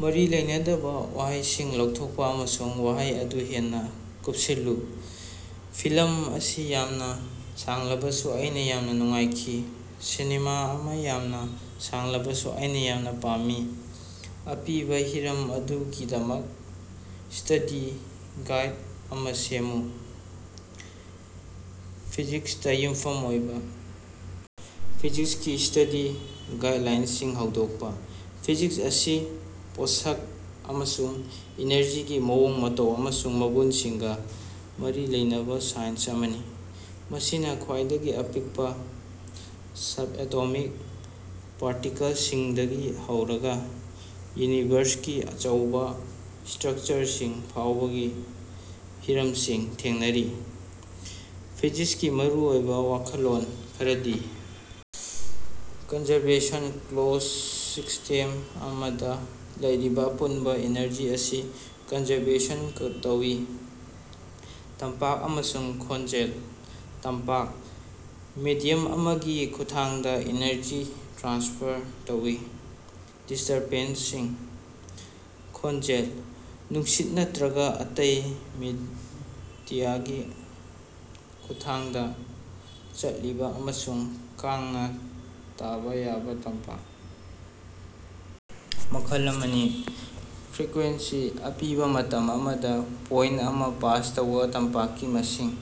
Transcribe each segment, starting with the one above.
ꯃꯔꯤ ꯂꯩꯅꯗꯕ ꯋꯥꯍꯩꯁꯤꯡ ꯂꯧꯊꯣꯛꯎ ꯑꯃꯁꯨꯡ ꯋꯥꯍꯩ ꯑꯗꯨ ꯍꯦꯟꯅ ꯀꯨꯞꯁꯤꯜꯂꯨ꯫ ꯐꯤꯂꯝ ꯑꯁꯤ ꯌꯥꯝꯅ ꯁꯥꯡꯂꯕꯁꯨ ꯑꯩꯅ ꯌꯥꯝꯅ ꯅꯨꯡꯉꯥꯏꯈꯤ꯫ ꯁꯤꯅꯦꯃꯥ ꯑꯃ ꯌꯥꯝꯅ ꯁꯥꯡꯂꯕꯁꯨ ꯑꯩꯅ ꯌꯥꯝꯅ ꯄꯥꯝꯃꯤ꯫ ꯑꯄꯤꯕ ꯍꯤꯔꯝ ꯑꯗꯨꯒꯤꯗꯃꯛ ꯁ꯭ꯇꯗꯤ ꯒꯥꯏꯗ ꯑꯃ ꯁꯦꯝꯃꯨ꯫ ꯐꯤꯖꯤꯛꯁꯇ ꯌꯨꯝꯐꯝ ꯑꯣꯏꯕ꯫ ꯐꯤꯖꯤꯛꯁꯀꯤ ꯁ꯭ꯇꯗꯤ ꯒꯥꯏꯗꯂꯥꯏꯟꯁꯤꯡ ꯍꯧꯗꯣꯛꯄ: ꯐꯤꯖꯤꯛꯁ ꯑꯁꯤ ꯄꯣꯠꯁꯛ ꯑꯃꯁꯨꯡ ꯏꯅꯔꯖꯤꯒꯤ ꯃꯑꯣꯡ ꯃꯇꯧ ꯑꯃꯁꯨꯡ ꯃꯒꯨꯟꯁꯤꯡꯒ ꯃꯔꯤ ꯂꯩꯅꯕ ꯁꯥꯏꯟꯁ ꯑꯃꯅꯤ꯫ ꯃꯁꯤꯅ ꯈ꯭ꯋꯥꯏꯗꯒꯤ ꯑꯄꯤꯛꯄ ꯁꯕꯑꯦꯇꯣꯃꯤꯛ ꯄꯥꯔꯇꯤꯀꯜꯁꯤꯡꯗꯒꯤ ꯍꯧꯔꯒ ꯌꯨꯅꯤꯚꯔꯁꯀꯤ ꯑꯆꯧꯕ ꯁ꯭ꯇ꯭ꯔꯛꯆꯔꯁꯤꯡ ꯐꯥꯎꯕꯒꯤ ꯍꯤꯔꯝꯁꯤꯡ ꯊꯦꯡꯅꯔꯤ꯫ ꯐꯤꯖꯤꯛꯁꯀꯤ ꯃꯔꯨꯑꯣꯏꯕ ꯋꯥꯈꯜꯂꯣꯟ ꯈꯔꯗꯤ ꯀꯟꯖꯔꯕꯦꯁꯟ: ꯀ꯭ꯂꯣꯖꯗ ꯁꯤꯁꯇꯦꯝ ꯑꯃꯗ ꯂꯩꯔꯤꯕ ꯑꯄꯨꯟꯕ ꯑꯦꯅꯔꯖꯤ ꯑꯁꯤ ꯀꯟꯖꯔꯕꯦꯁꯟ ꯇꯧꯏ꯫ ꯇꯝꯄꯥꯛ ꯑꯃꯁꯨꯡ ꯈꯣꯟꯖꯦꯜ: ꯇꯝꯄꯥꯛ: ꯃꯦꯗꯤꯌꯝ ꯑꯃꯒꯤ ꯈꯨꯠꯊꯥꯡꯗ ꯑꯦꯅꯔꯖꯤ ꯇ꯭ꯔꯥꯟꯁꯐꯔ ꯇꯧꯕ, ꯗꯤꯁꯇꯔꯕꯦꯟꯁꯁꯤꯡ꯫ ꯈꯣꯟꯖꯦꯜ: ꯅꯨꯡꯁꯤꯠ ꯅꯠꯇ꯭ꯔꯒ ꯑꯇꯩ ꯃꯤꯗꯤꯌꯥꯒꯤ ꯈꯨꯠꯊꯥꯡꯗ ꯆꯠꯂꯤꯕ ꯑꯃꯁꯨꯡ ꯀꯥꯡꯅ ꯇꯥꯕ ꯌꯥꯕ ꯇꯝꯄꯥꯛ ꯃꯈꯜ ꯑꯃꯅꯤ꯫ ꯐ꯭ꯔꯤꯛꯕꯦꯟꯁꯤ: ꯑꯄꯤꯕ ꯃꯇꯝ ꯑꯃꯗ ꯄꯣꯏꯟꯇ ꯑꯃ ꯄꯥꯁ ꯇꯧꯕ ꯇꯝꯄꯥꯛꯀꯤ ꯃꯁꯤꯡ꯫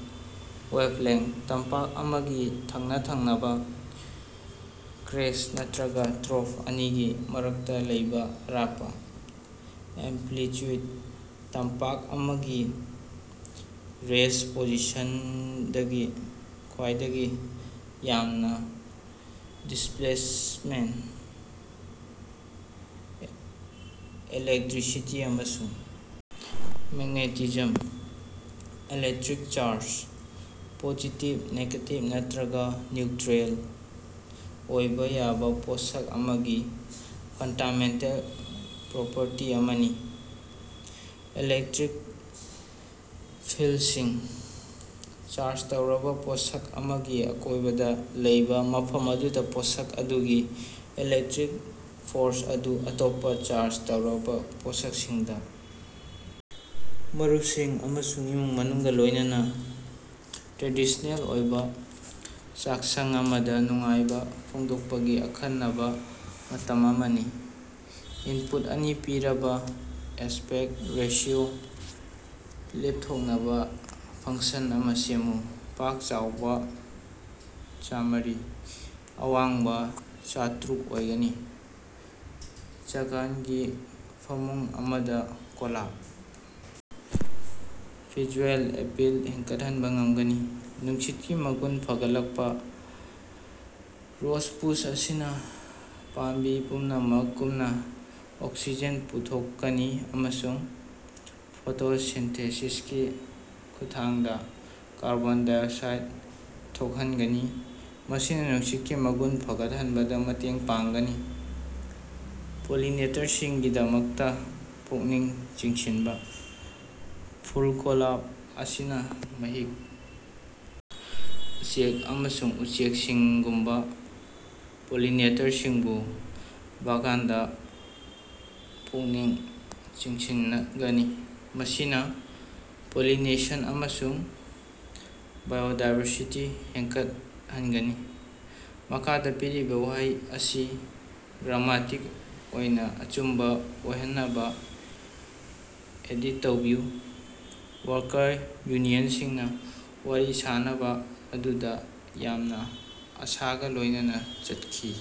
ꯋꯦꯕꯂꯦꯡꯊ: ꯇꯝꯄꯥꯛ ꯑꯃꯒꯤ ꯊꯪꯅ-ꯊꯪꯅꯅ ꯀ꯭ꯔꯦꯁ꯭ꯠ ꯅꯠꯇ꯭ꯔꯒ ꯇ꯭ꯔꯣꯐ ꯑꯅꯤꯒꯤ ꯃꯔꯛꯇ ꯂꯩꯕ ꯑꯔꯥꯞꯄ꯫ ꯑꯦꯝꯄ꯭ꯂꯤꯠꯌꯨꯗ: ꯇꯝꯄꯥꯛ ꯑꯃꯒꯤ ꯔꯦꯁ꯭ꯠ ꯄꯣꯖꯤꯁꯟꯗꯒꯤ ꯈ꯭ꯋꯥꯏꯗꯒꯤ ꯌꯥꯝꯕ ꯗꯤꯁꯄ꯭ꯂꯦꯁꯃꯦꯟꯇ꯫ ꯏꯂꯦꯛꯇ꯭ꯔꯤꯁꯤꯇꯤ ꯑꯃꯁꯨꯡ magnetism: electric charge: positive, negative ꯅꯠꯇ꯭ꯔꯒ ꯅ꯭ꯌꯨꯇ꯭ꯔꯦꯟꯇ ꯑꯣꯏꯕ ꯌꯥꯕ ꯄꯣꯠꯁꯛ ꯑꯃꯒꯤ ꯐꯟꯗꯥꯃꯦꯟꯇꯦꯜ ꯄ꯭ꯔꯣꯄꯔꯇꯤ ꯑꯃꯅꯤ꯫ ꯏꯂꯦꯛꯇ꯭ꯔꯤꯛ ꯐꯤꯜꯗꯁꯤꯡ: ꯆꯥꯔꯖ ꯇꯧꯔꯕ ꯄꯣꯠꯁꯛ ꯑꯃꯒꯤ ꯑꯀꯣꯏꯕꯗ ꯂꯩꯕ ꯃꯐꯝ ꯑꯗꯨꯗ ꯄꯣꯠꯁꯛ ꯑꯗꯨꯒꯤ ꯏꯂꯦꯛꯇ꯭ꯔꯤꯛ ꯐꯣꯔꯁ ꯑꯗꯨ ꯑꯇꯣꯞꯄ ꯆꯥꯔꯖ ꯇꯧꯔꯕ ꯄꯣꯠꯁꯛꯁꯤꯡꯗ ꯃꯔꯨꯞꯁꯤꯡ ꯑꯃꯁꯨꯡ ꯏꯃꯨꯡ ꯃꯅꯨꯡꯒ ꯂꯣꯏꯅꯅ ꯇ꯭ꯔꯦꯗꯤꯁ꯭ꯅꯦꯜ ꯑꯣꯏꯕ ꯆꯥꯛꯁꯪ ꯑꯃꯗ ꯅꯨꯡꯉꯥꯏꯕ ꯐꯣꯡꯗꯣꯛꯄꯒꯤ ꯑꯈꯟꯅꯕ ꯃꯇꯝ ꯑꯃꯅꯤ꯫ ꯏꯟꯄꯨꯠ ꯑꯅꯤ ꯄꯤꯔꯕ ꯑꯦꯁꯄꯦꯛꯇ ꯔꯦꯁꯤꯑꯣ ꯂꯦꯞꯊꯣꯛꯅꯕ ꯐꯪꯁꯟ ꯑꯃ ꯁꯦꯝꯃꯨ꯫ ꯄꯥꯛ ꯆꯥꯎꯕ ꯆꯥꯝꯃꯔꯤ, ꯑꯋꯥꯡꯕ ꯆꯥꯇ꯭ꯔꯨꯛ ꯑꯣꯏꯒꯅꯤ꯫ ꯕꯥꯒꯥꯟꯒꯤ ꯐꯃꯨꯡ ꯑꯃꯗ ꯒꯣꯂꯥꯞ ꯚꯤꯖꯨꯑꯦꯜ ꯑꯦꯄꯤꯜ ꯍꯦꯟꯒꯠꯍꯟꯕ ꯉꯝꯒꯅꯤ꯫ ꯅꯨꯡꯁꯤꯠꯀꯤ ꯃꯒꯨꯟ ꯐꯒꯠꯂꯛꯄ: ꯔꯣꯖ ꯕꯨꯁ ꯑꯁꯤꯅ ꯄꯥꯝꯕꯤ ꯄꯨꯝꯅꯃꯛꯒꯨꯝꯅ ꯑꯣꯛꯁꯤꯖꯦꯟ ꯄꯨꯊꯣꯛꯀꯅꯤ ꯑꯃꯁꯨꯡ ꯐꯣꯇꯣꯁꯤꯟꯊꯦꯁꯤꯁꯀꯤ ꯈꯨꯠꯊꯥꯡꯗ ꯀꯥꯔꯕꯣꯟ ꯗꯥꯏꯑꯣꯛꯁꯥꯏꯗ ꯊꯣꯛꯍꯟꯒꯅꯤ, ꯃꯁꯤꯅ ꯅꯨꯡꯁꯤꯠꯀꯤ ꯃꯒꯨꯟ ꯐꯒꯠꯍꯟꯕꯗ ꯃꯇꯦꯡ ꯄꯥꯡꯒꯅꯤ꯫ ꯄꯣꯂꯤꯅꯦꯇꯔꯁꯤꯡꯒꯤꯗꯃꯛꯇ ꯄꯨꯛꯅꯤꯡ ꯆꯤꯡꯁꯤꯟꯕ: ꯐꯨꯜ ꯒꯣꯂꯥꯞ ꯑꯁꯤꯅ ꯃꯍꯤꯛ, ꯎꯆꯦꯛ ꯑꯃꯁꯨꯡ ꯎꯆꯦꯛꯁꯤꯡꯒꯨꯝꯕ ꯄꯣꯂꯤꯅꯦꯇꯔꯁꯤꯡꯕꯨ ꯕꯥꯒꯥꯟꯗ ꯄꯨꯛꯅꯤꯡ ꯆꯤꯡꯁꯤꯟꯒꯅꯤ, ꯃꯁꯤꯅ ꯄꯣꯂꯤꯅꯦꯁꯟ ꯑꯃꯁꯨꯡ ꯕꯥꯏꯑꯣꯗꯥꯏꯚꯔꯁꯤꯇꯤ ꯍꯦꯟꯒꯠꯍꯟꯒꯅꯤ꯫ ꯃꯈꯥꯗ ꯄꯤꯔꯤꯕ ꯋꯥꯍꯩ ꯑꯁꯤ ꯒ꯭ꯔꯥꯃꯥꯇꯤꯛ ꯑꯣꯏꯅ ꯑꯆꯨꯝꯕ ꯑꯣꯏꯍꯟꯅꯕ ꯑꯦꯗꯤꯠ ꯇꯧꯕꯤꯌꯨ꯫ ꯋꯥꯔꯀꯔ ꯌꯨꯅꯤꯌꯟꯁꯤꯡꯅ ꯋꯥꯔꯤ ꯁꯥꯅꯕ ꯑꯗꯨꯗ ꯌꯥꯝꯅ ꯑꯁꯥꯒ ꯂꯣꯏꯅꯅ ꯆꯠꯈꯤ꯫